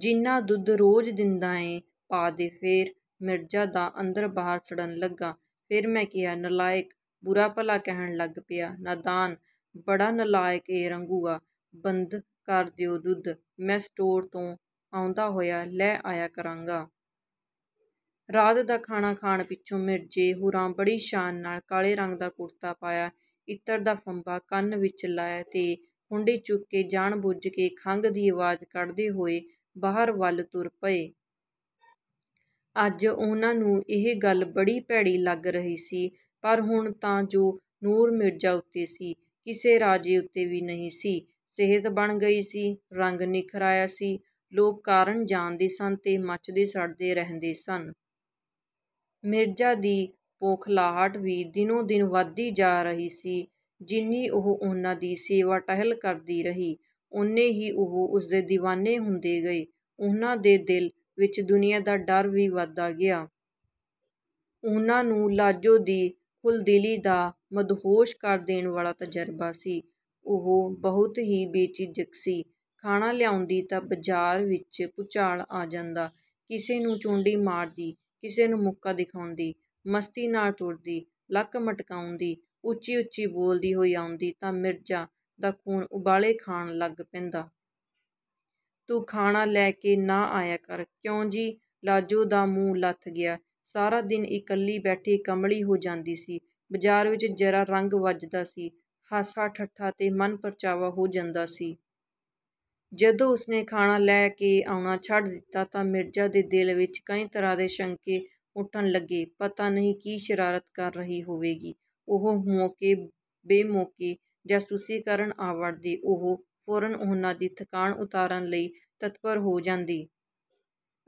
ਜਿੰਨਾ ਦੁੱਧ ਰੋਜ਼ ਦਿੰਦਾ ਐਂ, ਪਾ ਦੇ। "ਫੇਰ?" ਮਿਰਜ਼ਾ ਦਾ ਅੰਦਰ-ਬਾਹਰ ਸੜਨ ਲੱਗਾ। "ਫੇਰ ਮੈਂ ਕਿਹਾ, ਨਲਾਇਕ, ਬੁਰਾ-ਭਲਾ ਕਹਿਣ ਲੱਗ ਪਿਆ.." "ਨਾਦਾਨ! ਬੜਾ ਨਲਾਇਕ ਏਂ ਰਘੂਆ। ਬੰਦ ਕਰ ਦਿਓ ਦੁੱਧ। ਮੈਂ ਸਟੋਰ ਤੋਂ ਆਉਂਦਾ ਹੋਇਆ ਲੈ ਆਇਆ ਕਰਾਂਗਾ।" ਰਾਤ ਦਾ ਖਾਣਾ ਖਾਣ ਪਿੱਛੋਂ ਮਿਰਜ਼ੇ ਹੁਰਾਂ ਬੜੀ ਸ਼ਾਨ ਨਾਲ ਕਾਲੇ ਰੰਗ ਦਾ ਕੁੜਤਾ ਪਾਇਆ, ਇਤਰ ਦਾ ਫੰਬਾ ਕੰਨ ਵਿੱਚ ਲਾਇਆ ਤੇ ਖੁੰਡੀ ਚੁੱਕ ਕੇ ਜਾਣ-ਬੁੱਝ ਕੇ ਖੰਘ ਦੀ ਆਵਾਜ਼ ਕੱਢਦੇ ਹੋਏ ਬਾਹਰ ਵੱਲ ਤੁਰ ਪਏ। ਅੱਜ ਉਹਨਾਂ ਨੂੰ ਇਹ ਗੱਲ ਬੜੀ ਭੈੜੀ ਲੱਗ ਰਹੀ ਸੀ। ਪਰ ਹੁਣ ਤਾਂ ਜੋ ਨੂਰ ਮਿਰਜ਼ਾ ਉੱਤੇ ਸੀ, ਕਿਸੇ ਰਾਜੇ ਉੱਤੇ ਵੀ ਨਹੀਂ ਸੀ। ਸਿਹਤ ਬਣ ਗਈ ਸੀ, ਰੰਗ ਨਿੱਖਰ ਆਇਆ ਸੀ। ਲੋਕ ਕਾਰਨ ਜਾਣਦੇ ਸਨ ਤੇ ਮੱਚਦੇ-ਸੜਦੇ ਰਹਿੰਦੇ ਸਨ। ਮਿਰਜ਼ਾ ਦੀ ਬੋਖਲਾਹਟ ਵੀ ਦਿਨੋਂ-ਦਿਨ ਵਧਦੀ ਜਾ ਰਹੀ ਸੀ। ਜਿੰਨੀ ਉਹ ਉਹਨਾਂ ਦੀ ਸੇਵਾ-ਟਹਿਲ ਕਰਦੀ ਰਹੀ, ਓਨੇ ਹੀ ਉਹ ਉਸਦੇ ਦੀਵਾਨੇ ਹੁੰਦੇ ਗਏ। ਉਹਨਾਂ ਦੇ ਦਿਲ ਵਿੱਚ ਦੁਨੀਆ ਦਾ ਡਰ ਵੀ ਵਧਦਾ ਗਿਆ। ਉਹਨਾਂ ਨੂੰ ਲਾਜੋ ਦੀ ਖੁੱਲ੍ਹਦਿਲੀ ਦਾ ਮਦਹੋਸ਼ ਕਰ ਦੇਣ ਵਾਲਾ ਤਜ਼ਰਬਾ ਸੀ। ਉਹ ਬਹੁਤ ਹੀ ਬੇਝਿਜਕ ਸੀ। ਖਾਣਾ ਲਿਆਉਂਦੀ ਤਾਂ ਬਾਜ਼ਾਰ ਵਿੱਚ ਭੂਚਾਲ ਆ ਜਾਂਦਾ। ਕਿਸੇ ਨੂੰ ਚੂੰਢੀ ਮਾਰਦੀ, ਕਿਸੇ ਨੂੰ ਮੁੱਕਾ ਦਿਖਾਉਂਦੀ, ਮਸਤੀ ਨਾਲ ਤੁਰਦੀ, ਲੱਕ ਮਟਕਾਉਂਦੀ, ਉੱਚੀ-ਉੱਚੀ ਬੋਲਦੀ ਹੋਈ ਆਉਂਦੀ ਤਾਂ ਮਿਰਜ਼ਾ ਦਾ ਖ਼ੂਨ ਉਬਾਲੇ ਖਾਣ ਲੱਗ ਪੈਂਦਾ। "ਤੂੰ ਖਾਣਾ ਲੈ ਕੇ ਨਾ ਆਇਆ ਕਰ।" "ਕਿਉਂ ਜੀ...?" ਲਾਜੋ ਦਾ ਮੂੰਹ ਲੱਥ ਗਿਆ। ਸਾਰਾ ਦਿਨ ਇਕੱਲੀ ਬੈਠੀ ਕਮਲੀ ਹੋ ਜਾਂਦੀ ਸੀ। ਬਾਜ਼ਾਰ ਵਿੱਚ ਜ਼ਰਾ ਰੰਗ ਵੱਝਦਾ ਸੀ, ਹਾਸਾ-ਠੱਠਾ ਤੇ ਮਨ-ਪ੍ਰਚਾਵਾ ਹੋ ਜਾਂਦਾ ਸੀ। ਜਦੋਂ ਉਸਨੇ ਖਾਣਾ ਲੈ ਕੇ ਆਉਣਾ ਛੱਡ ਦਿੱਤਾ ਤਾਂ ਮਿਰਜ਼ਾ ਦੇ ਦਿਲ ਵਿੱਚ ਕਈ ਤਰ੍ਹਾਂ ਦੇ ਸ਼ੰਕੇ ਉੱਠਣ ਲੱਗੇ। ਪਤਾ ਨਹੀਂ ਕੀ ਸ਼ਰਾਰਤ ਕਰ ਰਹੀ ਹੋਵੇਗੀ। ਉਹ ਮੌਕੇ-ਬੇਮੌਕੇ ਜਾਸੂਸੀ ਕਰਨ ਆ ਵੜਦੇ। ਉਹ ਫ਼ੌਰਨ ਉਹਨਾਂ ਦੀ ਥਕਾਣ ਉਤਾਰਨ ਲਈ ਤਤਪਰ ਹੋ ਜਾਂਦੀ।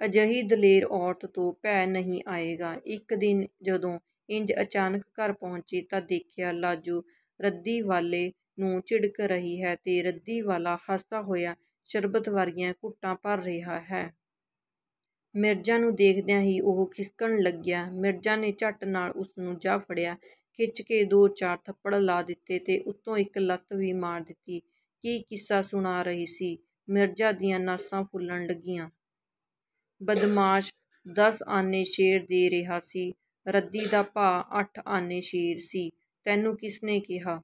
ਅਜਿਹੀ ਦਲੇਰ ਔਰਤ ਤੋਂ ਭੈ ਨਹੀਂ ਆਏਗਾ? ਇੱਕ ਦਿਨ, ਜਦੋਂ ਇੰਜ ਅਚਾਨਕ ਘਰ ਪਹੁੰਚੇ, ਤਾਂ ਦੇਖਿਆ ਲਾਜੋ ਰੱਦੀ ਵਾਲੇ ਨੂੰ ਝਿੜਕ ਰਹੀ ਹੈ ਤੇ ਰੱਦੀ ਵਾਲਾ ਹੱਸਦਾ ਹੋਇਆ ਸ਼ਰਬਤ ਵਰਗੀਆਂ ਘੁੱਟਾਂ ਭਰ ਰਿਹਾ ਹੈ। ਮਿਰਜ਼ਾ ਨੂੰ ਦੇਖਦਿਆਂ ਹੀ ਉਹ ਖਿਸਕਣ ਲੱਗਿਆ। ਮਿਰਜ਼ਾ ਨੇ ਝੱਟ ਨਾਲ ਉਸਨੂੰ ਜਾ ਫੜਿਆ, ਖਿੱਚ ਕੇ ਦੋ-ਚਾਰ ਥੱਪੜ ਲਾ ਦਿੱਤੇ ਤੇ ਉੱਤੋਂ ਇੱਕ ਲੱਤ ਵੀ ਮਾਰ ਦਿੱਤੀ। "ਕੀ ਕਿੱਸਾ ਸੁਣਾ ਰਹੀ ਸੀ?" ਮਿਰਜ਼ਾ ਦੀਆਂ ਨਾਸਾਂ ਫੁੱਲਣ ਲੱਗੀਆਂ। "ਬਦਮਾਸ਼, ਦਸ ਆਨੇ ਸੇਰ ਦੇ ਰਿਹਾ ਸੀ। ਰੱਦੀ ਦਾ ਭਾਅ ਅੱਠ ਆਨੇ ਸੇਰ ਸੀ। "ਤੈਨੂੰ ਕਿਸ ਨੇ ਕਿਹਾ?"